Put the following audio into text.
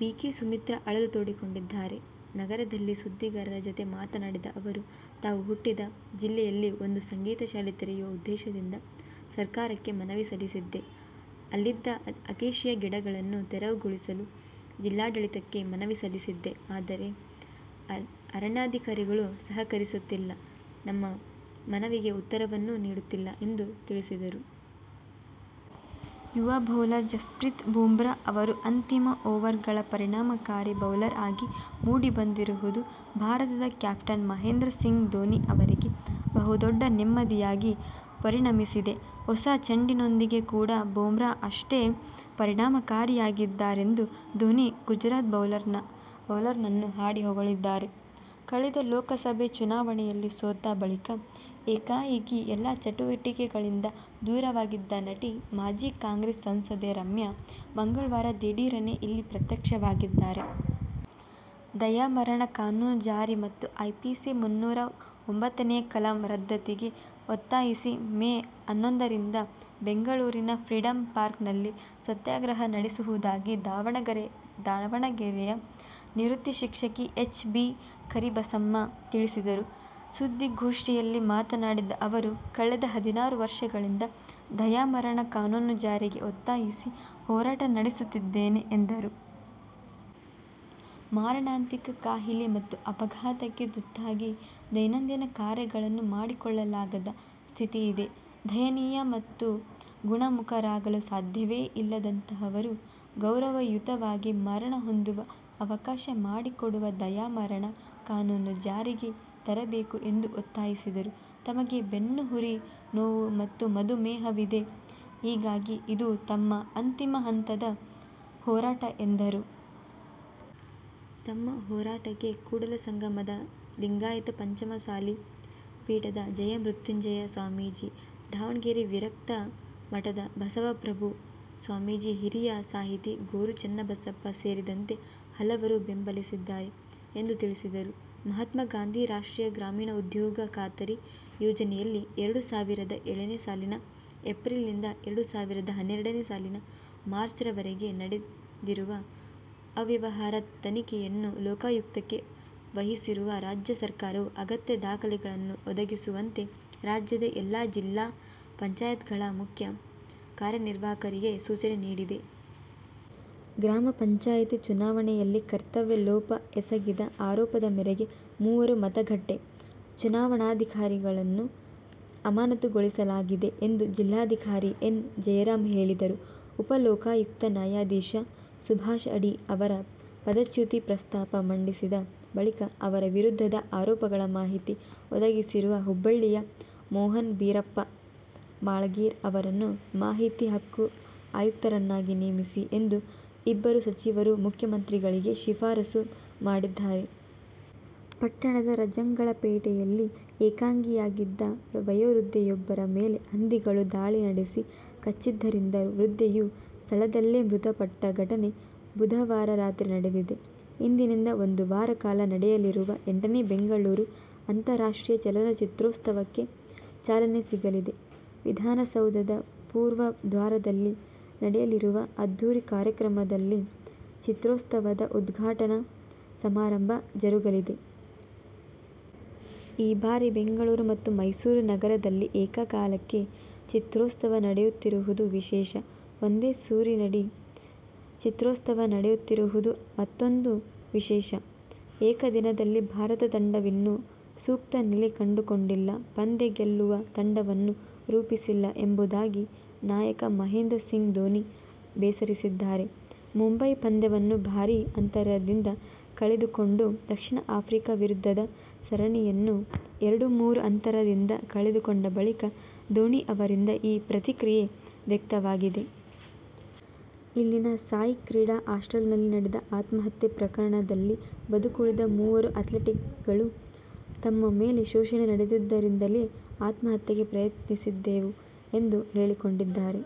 BK. Sumitra ಅಳಲು ತೋಡಿಕೊಂಡಿದ್ದಾರೆ. ನಗರದಲ್ಲಿ ಸುದ್ದಿಗಾರರ ಜತೆ ಮಾತನಾಡಿದ ಅವರು, ತಾವು ಹುಟ್ಟಿದ ಜಿಲ್ಲೆಯಲ್ಲಿ ಒಂದು ಸಂಗೀತ ಶಾಲೆ ತೆರೆಯುವ ಉದ್ದೇಶದಿಂದ ಸರ್ಕಾರಕ್ಕೆ ಮನವಿ ಸಲ್ಲಿಸಿದ್ದೆ. ಅಲ್ಲಿದ್ದ ಅಕೇಶಿಯಾ ಗಿಡಗಳನ್ನು ತೆರವುಗೊಳಿಸಲು ಜಿಲ್ಲಾಡಳಿತಕ್ಕೆ ಮನವಿ ಸಲ್ಲಿಸಿದ್ದೆ. ಆದರೆ ಅರಣ್ಯಾಧಿಕಾರಿಗಳು ಸಹಕರಿಸುತ್ತಿಲ್ಲ, ನಮ್ಮ ಮನವಿಗೆ ಉತ್ತರವನ್ನೂ ನೀಡುತ್ತಿಲ್ಲ ಎಂದು ತಿಳಿಸಿದರು. ಯುವ ಬೌಲರ್ ಜಸ್ಪ್ರೀತ್ ಬುಮ್ರಾಹ್ ಅವರು "ಅಂತಿಮ ಓವರ್ಗಳ' ಪರಿಣಾಮಕಾರಿ ಬೌಲರ್ ಆಗಿ ಮೂಡಿಬಂದಿರುವುದು ಭಾರತದ ಕ್ಯಾಪ್ಟನ್ ಮಹೇಂದ್ರ ಸಿಂಗ್ ಧೋನಿ ಅವರಿಗೆ ಬಹುದೊಡ್ಡ ನೆಮ್ಮದಿಯಾಗಿ ಪರಿಣಮಿಸಿದೆ. ಹೊಸ ಚೆಂಡಿನೊಂದಿಗೆ ಕೂಡ ಬುಮ್ರಾಹ್ ಅಷ್ಟೇ ಪರಿಣಾಮಕಾರಿಯಾಗಿದ್ದಾರೆಂದು ಧೋನಿ ಗುಜರಾತ್ ಬೌಲರ್ನನ್ನು ಹಾಡಿ ಹೊಗಳಿದ್ದಾರೆ. ಕಳೆದ ಲೋಕಸಭೆ ಚುನಾವಣೆಯಲ್ಲಿ ಸೋತ ಬಳಿಕ ಏಕಾಏಕಿ ಎಲ್ಲ ಚಟುವಟಿಕೆಗಳಿಂದ ದೂರವಾಗಿದ್ದ ನಟಿ, ಮಾಜಿ ಕಾಂಗ್ರೆಸ್ ಸಂಸದೆ ರಮ್ಯಾ ಮಂಗಳವಾರ ದಿಢೀರನೇ ಇಲ್ಲಿ ಪ್ರತ್ಯಕ್ಷವಾಗಿದ್ದಾರೆ. ದಯಾಮರಣ ಕಾನೂನು ಜಾರಿ ಮತ್ತು ಐಪಿಸಿ ಮುನ್ನೂರ ಒಂಬತ್ತನೇ ಕಲಂ ರದ್ದತಿಗೆ ಒತ್ತಾಯಿಸಿ ಮೇ ಹನ್ನೊಂದರಂದು ಬೆಂಗಳೂರಿನ ಫ್ರೀಡಂ ಪಾರ್ಕ್ನಲ್ಲಿ ಸತ್ಯಾಗ್ರಹ ನಡೆಸುವುದಾಗಿ ದಾವಣಗೆರೆಯ ನಿವೃತ್ತ ಶಿಕ್ಷಕಿ ಎಚ್. ಬಿ. ಕರಿಬಸಮ್ಮ ತಿಳಿಸಿದರು. ಸುದ್ದಿಗೋಷ್ಠಿಯಲ್ಲಿ ಮಾತನಾಡಿದ ಅವರು, ಕಳೆದ ಹದಿನಾರು ವರ್ಷಗಳಿಂದ ದಯಾಮರಣ ಕಾನೂನು ಜಾರಿಗೆ ಒತ್ತಾಯಿಸಿ ಹೋರಾಟ ನಡೆಸುತ್ತಿದ್ದೇನೆ ಎಂದರು. ಮಾರಣಾಂತಿಕ ಕಾಯಿಲೆ ಮತ್ತು ಅಪಘಾತಕ್ಕೆ ತುತ್ತಾಗಿ ದೈನಂದಿನ ಕಾರ್ಯಗಳನ್ನು ಮಾಡಿಕೊಳ್ಳಲಾಗದ ಸ್ಥಿತಿಯಿದೆ. ದಯನೀಯ ಹಾಗೂ ಗುಣಮುಖರಾಗಲು ಸಾಧ್ಯವೇ ಇಲ್ಲದಂತಹವರು ಗೌರವಯುತವಾಗಿ ಮರಣ ಹೊಂದುವ ಅವಕಾಶ ಮಾಡಿಕೊಡುವ ದಯಾಮರಣ ಕಾನೂನು ಜಾರಿಗೆ ತರಬೇಕು ಎಂದು ಒತ್ತಾಯಿಸಿದರು. ತಮಗೆ ಬೆನ್ನುಹುರಿ ನೋವು ಮತ್ತು ಮಧುಮೇಹವಿದೆ. ಹೀಗಾಗಿ ಇದು ತಮ್ಮ ಅಂತಿಮ ಹಂತದ ಹೋರಾಟ ಎಂದರು. ತಮ್ಮ ಹೋರಾಟಕ್ಕೆ ಕೂಡಲಸಂಗಮದ ಲಿಂಗಾಯತ ಪಂಚಮಸಾಲಿ ಪೀಠದ ಜಯಮೃತ್ಯುಂಜಯ ಸ್ವಾಮೀಜಿ, ದಾವಣಗೆರೆ ವಿರಕ್ತ ಮಠದ ಬಸವಪ್ರಭು ಸ್ವಾಮೀಜಿ, ಹಿರಿಯ ಸಾಹಿತಿ ಗೊ. ರು. ಚನ್ನಬಸಪ್ಪ ಸೇರಿದಂತೆ ಹಲವರು ಬೆಂಬಲಿಸಿದ್ದಾರೆ ಎಂದು ತಿಳಿಸಿದರು. ಮಹಾತ್ಮ ಗಾಂಧಿ ರಾಷ್ಟ್ರೀಯ ಗ್ರಾಮೀಣ ಉದ್ಯೋಗ ಖಾತರಿ ಯೋಜನೆಯಲ್ಲಿ ಎರಡು ಸಾವಿರದ ಏಳನೇ ಸಾಲಿನ ಏಪ್ರಿಲ್ನಿಂದ ಎರಡು ಸಾವಿರದ ಹನ್ನೆರಡನೇ ಸಾಲಿನ ಮಾರ್ಚ್ವರವರಗೆ ನಡೆದಿರುವ ಅವ್ಯವಹಾರದ ತನಿಖೆಯನ್ನು ಲೋಕಾಯುಕ್ತಕ್ಕೆ ವಹಿಸಿರುವ ರಾಜ್ಯ ಸರ್ಕಾರವು ಅಗತ್ಯ ದಾಖಲೆಗಳನ್ನು ಒದಗಿಸುವಂತೆ ರಾಜ್ಯದ ಎಲ್ಲಾ ಜಿಲ್ಲಾ ಪಂಚಾಯತ್ಗಳ ಮುಖ್ಯ ಕಾರ್ಯನಿರ್ವಾಹಕರಿಗೆ ಸೂಚನೆ ನೀಡಿದೆ. ಗ್ರಾಮ ಪಂಚಾಯಿತಿ ಚುನಾವಣೆಯಲ್ಲಿ ಕರ್ತವ್ಯ ಲೋಪ ಎಸಗಿದ ಆರೋಪದ ಮೇರೆಗೆ ಮೂವರು ಮತಗಟ್ಟೆ ಚುನಾವಣಾಧಿಕಾರಿಗಳನ್ನು ಅಮಾನತುಗೊಳಿಸಲಾಗಿದೆ ಎಂದು ಜಿಲ್ಲಾಧಿಕಾರಿ ಎನ್. ಜಯರಾಮ್ ಹೇಳಿದರು. ಉಪಲೋಕಾಯುಕ್ತ ನ್ಯಾಯಾಧೀಶ ಸುಭಾಷ್ ಅಡಿ ಅವರ ಪದಚ್ಯುತಿ ಪ್ರಸ್ತಾಪ ಮಂಡಿಸಿದ ಬಳಿಕ ಅವರ ವಿರುದ್ಧದ ಆರೋಪಗಳ ಮಾಹಿತಿ ಒದಗಿಸಿರುವ ಹುಬ್ಬಳ್ಳಿಯ ಮೋಹನ್ ಬೀರಪ್ಪ ಮಾಳಗೇರ್ ಅವರನ್ನು ಮಾಹಿತಿ ಹಕ್ಕು ಆಯುಕ್ತರನ್ನಾಗಿ ನೇಮಿಸಿ ಎಂದು ಇಬ್ಬರು ಸಚಿವರು ಮುಖ್ಯಮಂತ್ರಿಗಳಿಗೆ ಶಿಫಾರಸು ಮಾಡಿದ್ದಾರೆ. ಪಟ್ಟಣದ ರಜಂಗಳ ಪೇಟೆಯಲ್ಲಿ ಏಕಾಂಗಿಯಾಗಿದ್ದ ವಯೋವೃದ್ಧೆಯೊಬ್ಬರ ಮೇಲೆ ಹಂದಿಗಳು ದಾಳಿ ನಡೆಸಿ ಕಚ್ಚಿದ್ದರಿಂದ ವೃದ್ಧೆಯು ಸ್ಥಳದಲ್ಲೇ ಮೃತಪಟ್ಟ ಘಟನೆ ಬುಧವಾರ ರಾತ್ರಿ ನಡೆದಿದೆ. ಇಂದಿನಿಂದ ಒಂದು ವಾರ ಕಾಲ ನಡೆಯಲಿರುವ ಎಂಟನೇ ಬೆಂಗಳೂರು ಅಂತಾಷ್ಟ್ರೀಯ ಚಲನಚಿತ್ರೋತ್ಸವಕ್ಕೆ ಚಾಲನೆ ಸಿಗಲಿದೆ. ವಿಧಾನಸೌಧದ ಪೂರ್ವ ದ್ವಾರದಲ್ಲಿ ನಡೆಯಲಿರುವ ಅದ್ಧೂರಿ ಕಾರ್ಯಕ್ರಮದಲ್ಲಿ ಚಿತ್ರೋತ್ಸವದ ಉದ್ಘಾಟನಾ ಸಮಾರಂಭ ಜರುಗಲಿದೆ. ಈ ಬಾರಿ ಬೆಂಗಳೂರು ಮತ್ತು ಮೈಸೂರು ನಗರದಲ್ಲಿ ಏಕಕಾಲಕ್ಕೆ ಚಿತ್ರೋತ್ಸವ ನಡೆಯುತ್ತಿರುವುದು ವಿಶೇಷ. ಒಂದೇ ಸೂರಿನಡಿ ಚಿತ್ರೋತ್ಸವ ನಡೆಯುತ್ತಿರುವುದು ಮತ್ತೂಂದು ವಿಶೇಷ. ಏಕದಿನದಲ್ಲಿ ಭಾರತ ತಂಡವಿನ್ನೂ ಸೂಕ್ತ ನೆಲೆ ಕಂಡುಕೊಂಡಿಲ್ಲ, ಪಂದ್ಯ ಗೆಲ್ಲುವ ತಂಡವನ್ನು ರೂಪಿಸಿಲ್ಲ ಎಂಬುದಾಗಿ ನಾಯಕ ಮಹೇಂದ್ರ ಸಿಂಗ್ ಧೋನಿ ಬೇಸರಿಸಿದ್ದಾರೆ. ಮುಂಬಯಿ ಪಂದ್ಯವನ್ನು ಭಾರೀ ಅಂತರದಿಂದ ಕಳೆದುಕೊಂಡು, ದಕ್ಷಿಣ ಆಫ್ರಿಕಾ ವಿರುದ್ಧದ ಸರಣಿಯನ್ನು ಎರಡು-ಮೂರು ಅಂತರದಿಂದ ಕಳೆದುಕೊಂಡ ಬಳಿಕ ಧೋನಿ ಅವರಿಂದ ಈ ಪ್ರತಿಕ್ರಿಯೆ ವ್ಯಕ್ತವಾಗಿದೆ. ಇಲ್ಲಿನ ಸಾಯ್ ಕ್ರೀಡಾ ಹಾಸ್ಟೆಲ್ನಲ್ಲಿ ನಡೆದ ಆತ್ಮಹತ್ಯೆ ಪ್ರಕರಣದಲ್ಲಿ ಬದುಕುಳಿದ ಮೂವರು ಅಥ್ಲೀಟ್ಗಳು ತಮ್ಮ ಮೇಲೆ ಶೋಷಣೆ ನಡೆದಿದ್ದರಿಂದಲೇ ಆತ್ಮಹತ್ಯೆಗೆ ಯತ್ನಿಸಿದೆವು ಎಂದು ಹೇಳಿಕೊಂಡಿದ್ದಾರೆ.